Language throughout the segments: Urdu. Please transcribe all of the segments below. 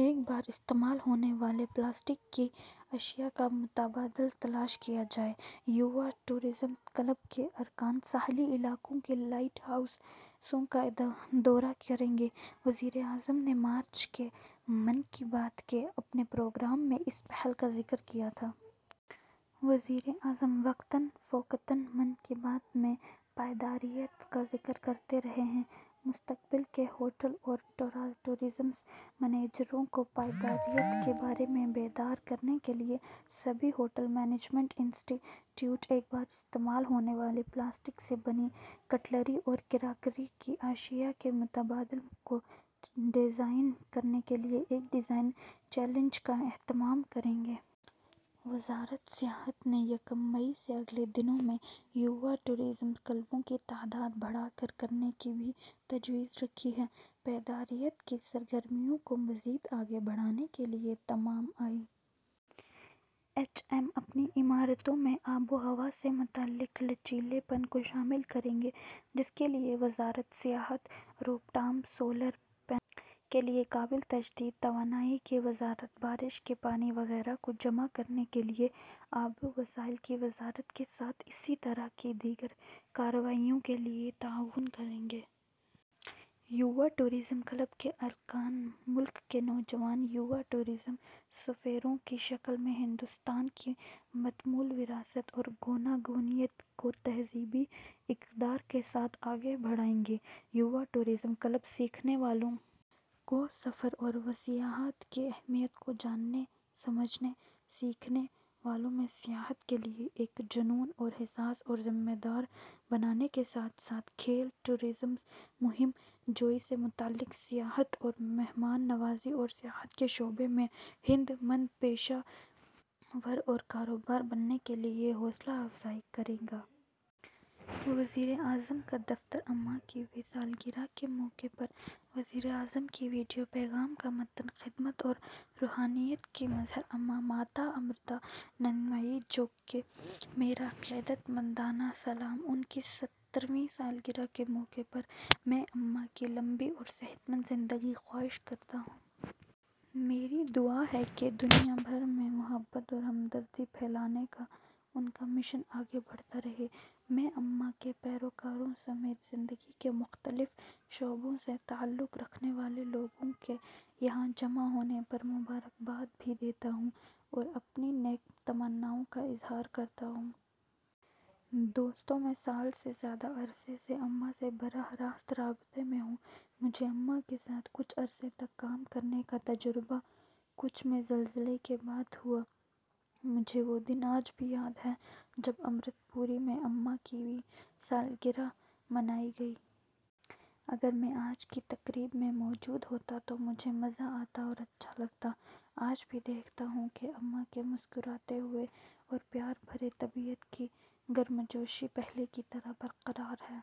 ایک بار استعمال ہونے والی پلاسٹک کی اشیا کا متبادل تلاش کیا جائے گا۔ یووا ٹورازم کلب کےا رکان ساحلی علاقوں کے لائٹ ہاؤسوں کا دورہ کریں گے۔ وزیر اعظم نے مارچ کے ' من کی بات 'کے اپنے پروگرام میں اس پہل کا ذکر کیا تھا۔ وزیر اعظم وقتاً فوقتاً ' من کی بات' میں پائیداریت کا ذکر کرتے رہے ہیں۔ مستقبل کے ہوٹل اور ٹورازم منیجروں کو پائیداریت کے بارےمیں بیدار کرنے کے لیے سبھی ہوٹل مینجمنٹ انسٹی ٹیوٹ ایک بار استعمال ہونے والی پلاسٹک سے بنی کٹلری اور کراکری کی اشیا کے متبادل کو ڈیزائن کرنے کے لیے ایک ڈیزائن چیلنج کا اہتمام کریں گے۔ وزارت سیاحت نے یکم مئی سے اگلے دنوں میں یووا ٹورازم کلبوں کی تعداد بڑھا کر کرنے کی بھی تجویز رکھی ہے۔ پائیداریت کی سرگرمیوں کو مزید آگے بڑھانے کے لئے ،تمام آئی ایچ ایم اپنی عمارتوں میں آب و ہوا سے متعلق لچیلے پن کو شامل کریں گے جس کے لئے وزارت سیاحت، روپ ٹاپ سولر پینل کے لئے قابل تجدید توانائی کی وزارت بارش کے پانی وغیرہ کو جمع کرنے کے لئے آبی وسائل کی وزارت کے ساتھ اسی طرح کی دیگر کارروائیوں کے لئے تعاون کرے گی۔ یووا ٹورازم کلب کے ارکان ملک کے نوجوان یووا ٹورزم سفیروں کی شکل میں ہندوستان کی متمول وراثت اور گوناگونیت کو تہذیبی اقدار کے ساتھ آگے بڑھائیں گے۔ یووا ٹورازم کلب سیکھنے والوں کو سفر اور و سیاحت کی اہمیت کو جاننے ، سمجھنے ، سیکھنے والوں میں سیاحت کے لئے ایک جنون اور حساس اور ذمہ دار بنانے کے ساتھ ساتھ کھیل ٹورازم ، مہم جوئی سے متعلق سیاحت اور مہمان نوازی اور سیاحت کے شعبے میں ہنر مند پیشہ ور اور کاروباری بننے کے لیے حوصلہ افزائی کرے گا۔ وزیراعظم کا دفتر اماں کی ویں سالگرہ کے موقع پر وزیر اعظم کے ویڈیو پیغام کا متن خدمت اور روحانیت کی مظہر امّاں، ماتا امرتانندمئی جی کو میرا عقیدت مندانہ سلام۔ ان کی سترویں سالگرہ کے موقع پر، میں اماں کی لمبی اور صحت مند زندگی کی خواہش کرتا ہوں۔ میری دعا ہے کہ دنیا بھر میں محبت اور ہمدردی پھیلانے کا ان کا مشن آگے بڑھتا رہے۔ میں امّاں کے پیروکاروں سمیت زندگی کے مختلف شعبوں سے تعلق رکھنے والے لوگوں کے یہاں جمع ہونے پر مبارکباد بھی دیتا ہوں اور اپنی نیک تمناؤں کا اظہار کرتا ہوں۔ دوستو میں سال سے زیادہ عرصے سے اماں سے براہ راست رابطہ میں ہوں۔ مجھے اماں کے ساتھ کچھ عرصے تک کام کرنے کا تجربہ کچھ میں زلزلے کے بعد ہوا۔ مجھے وہ دن آج بھی یاد ہے جب امرت پوری میں اماں کی ویں سالگرہ منائی گئی تھی۔ اگر میں آج کی تقریب میں موجود ہوتا تو مجھے مزہ آتا اور اچھا لگتا۔ آج بھی دیکھتا ہوں کہ اماں کے مسکراتے چہرے اور پیار بھرے طبیعت کی گرمجوشی پہلے کی طرح برقرار ہے۔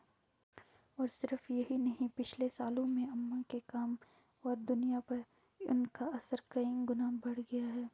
اور صرف یہی نہیں، پچھلے سالوں میں اماں کے کام اور دنیا پر ان کا اثر کئی گنا بڑھ گیا ہے۔